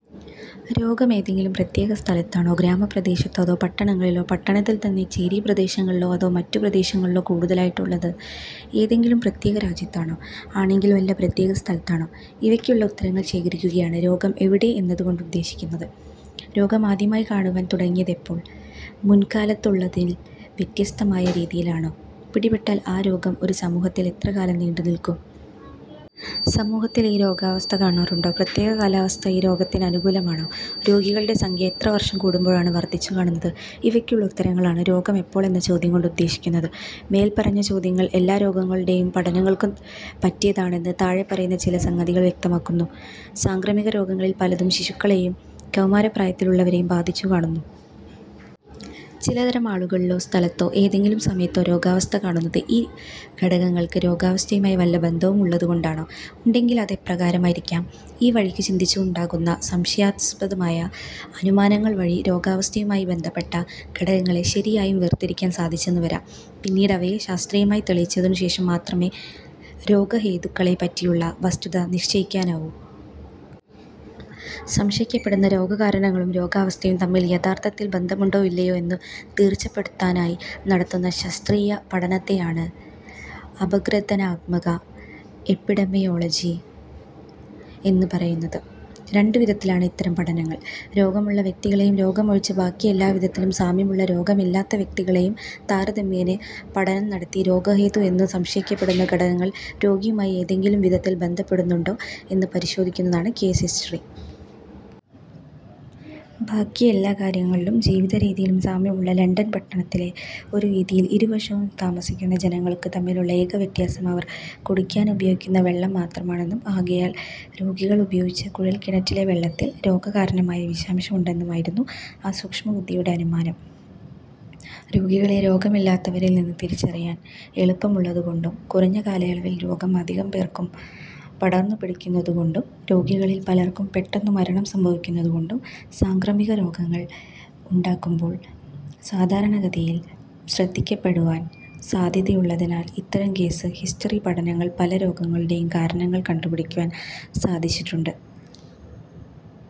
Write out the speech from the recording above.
രോഗം ഏതെങ്കിലും പ്രത്യേക സ്ഥലത്താണോ, ഗ്രാമപ്രദേശത്തോ അതോ പട്ടണങ്ങളിലോ പട്ടണത്തിൽത്തന്നെ ചേരിപ്രദേശങ്ങളിലോ അതോ മറ്റു പ്രദേശങ്ങളിലോ കൂടുതലായിട്ടുള്ളത്? ഏതെങ്കിലും പ്രത്യേകരാജ്യത്താണോ? ആണെങ്കിൽ വല്ല പ്രത്യേകസ്ഥലത്താണോ? ഇവയ്ക്കുള്ള ഉത്തരങ്ങൾ ശേഖരിക്കുകയാണ് രോഗം എവിടെ എന്നതുകൊണ്ട് ഉദ്ദേശിക്കുന്നത്. രോഗം ആദ്യമായി കാണുവാൻ തുടങ്ങിയതെപ്പോൾ? മുൻകാലത്തുള്ളതിൽ വ്യത്യസ്തമായ രീതിയിലാണോ? പിടിപെട്ടാൽ ആ രോഗം ഒരു സമൂഹത്തിൽ എത്രകാലം നീണ്ടുനിൽക്കും? സമൂഹത്തിൽ ഈ രോഗാവസ്ഥ കാണാറുണ്ടോ? പ്രത്യേകകാലാവസ്ഥ ഈ രോഗത്തിന് അനുകൂലമാണോ? രോഗികളുടെ സംഖ്യ എത്ര വർഷം കൂടുമ്പോഴാണ് വർദ്ധിച്ചുകാണുന്നത്? ഇവയ്ക്കുള്ള ഉത്തരങ്ങളാണ് രോഗം എപ്പോൾ എന്ന ചോദ്യംകൊണ്ട് ഉദ്ദേശിക്കുന്നത്. മേൽപ്പറഞ്ഞ ചോദ്യങ്ങൾ എല്ലാരോഗങ്ങളുടെയും പഠനങ്ങൾക്കു പറ്റിയതാണെന്ന് താഴെപറയുന്ന ചില സംഗതികൾ വ്യക്തമാക്കുന്നു. സാംക്രമികരോഗങ്ങളിൽ പലതും ശിശുക്കളെയും കൗമാരപ്രായത്തിൽ ഉള്ളവരെയും ബാധിച്ചു കാണുന്നു. ചിലതരം ആളുകളിലോ, സ്ഥലത്തോ, ഏതെങ്കിലും സമയത്തോ രോഗാവസ്ഥ കാണുന്നത് ഈ ഘടകങ്ങൾക്ക് രോഗാവസ്ഥയുമായി വല്ല ബന്ധവും ഉള്ളതുകൊണ്ടാണോ? ഉണ്ടെങ്കിൽ അത് എപ്രകാരമായിരിക്കാം? ഈ വഴിക്കു ചിന്തിച്ചുണ്ടാകുന്ന സംശയാസ്പദമായ അനുമാനങ്ങൾ വഴി രോഗാവസ്ഥയുമായി ബന്ധപ്പെട്ട ഘടകങ്ങളെ ശരിയായും വേർതിരിക്കാൻ സാധിച്ചെന്നുവരാം. പിന്നീട് അവയെ ശാസ്ത്രീയമായി തെളിയിച്ചതിനു ശേഷം മാത്രമേ രോഗഹേതുക്കളെപ്പറ്റിയുള്ള വസ്തുത നിശ്ചയിക്കാവു. സംശയിക്കപ്പെടുന്ന രോഗകാരണങ്ങളും രോഗാവസ്ഥയും തമ്മിൽ യഥാർത്ഥത്തിൽ ബന്ധമുണ്ടോ ഇല്ലയോ എന്നു തീർച്ചപ്പെടുത്താനായി നടത്തുന്ന ശാസ്ത്രീയ പഠനത്തിനാണ് അപഗ്രഥനാത്മക എപ്പിഡെമിയോളജി എന്നുപറയുന്നത്. രണ്ടുവിധത്തിലാണ് ഇത്തരം പഠനങ്ങൾ: രോഗമുള്ള വ്യക്തികളെയും രോഗമൊഴിച്ച് ബാക്കിയെല്ലാവിധത്തിലും സാമ്യമുള്ള രോഗമില്ലാത്ത വ്യക്തികളെയും താരതമ്യേന പഠനം നടത്തി രോഗഹേതുവെന്നു സംശയിക്കപ്പെടുന്ന ഘടകങ്ങൾ രോഗിയുമായി ഏതെങ്കിലും വിധത്തിൽ ബന്ധപ്പെടുന്നുണ്ടോ എന്നു പരിശോധിക്കുന്നതാണ് കേസ് ഹിസ്റ്ററി. ബാക്കി എല്ലാകാര്യങ്ങളിലും ജീവിതരീതിയിലും സാമ്യമുള്ള ലണ്ടൻ പട്ടണത്തിലെ ഒരു വീഥിയിൽ ഇരുവശം താമസിക്കുന്ന ജനങ്ങൾക്കു തമ്മിലുള്ള ഏക വ്യത്യാസം അവർ കുടിക്കാനുപയോഗിക്കുന്ന വെള്ളം മാത്രമാണെന്നും ആകയാൽ രോഗികൾ ഉപയോഗിച്ച കുഴൽ കിണറ്റിലെ വെള്ളത്തിൽ രോഗകാരണമായ വിഷാംശം ഉണ്ടെന്നുമായിരുന്നു ആ സൂക്ഷ്മബുദ്ധിയുടെ അനുമാനം. രോഗികളെ രോഗമില്ലാത്തവരിൽ നിന്നു തിരിച്ചറിയാൻ എളുപ്പമുള്ളതുകൊണ്ടും കുറഞ്ഞകാലയളവിൽ രോഗം അധികം പേർക്കും പടർന്നു പിടിക്കുന്നതുകോണ്ടും രോഗികളിൽ പലർക്കും പെട്ടെന്നു മരണം സംഭവിക്കുന്നതുകൊണ്ടും സാംക്രമികരോഗങ്ങൾ ഉണ്ടാകുമ്പോൾ സാധാരണഗതിയിൽ ശ്രദ്ധിക്കപ്പെടുവാൻ സാധ്യതയുള്ളതിനാൽ ഇത്തരം കേസ് ഹിസ്റ്ററി പഠനങ്ങൾ പല രോഗങ്ങളുടെയും കാരണങ്ങൾ കണ്ടുപിടിക്കുവാൻ സാധിച്ചിട്ടുണ്ട്.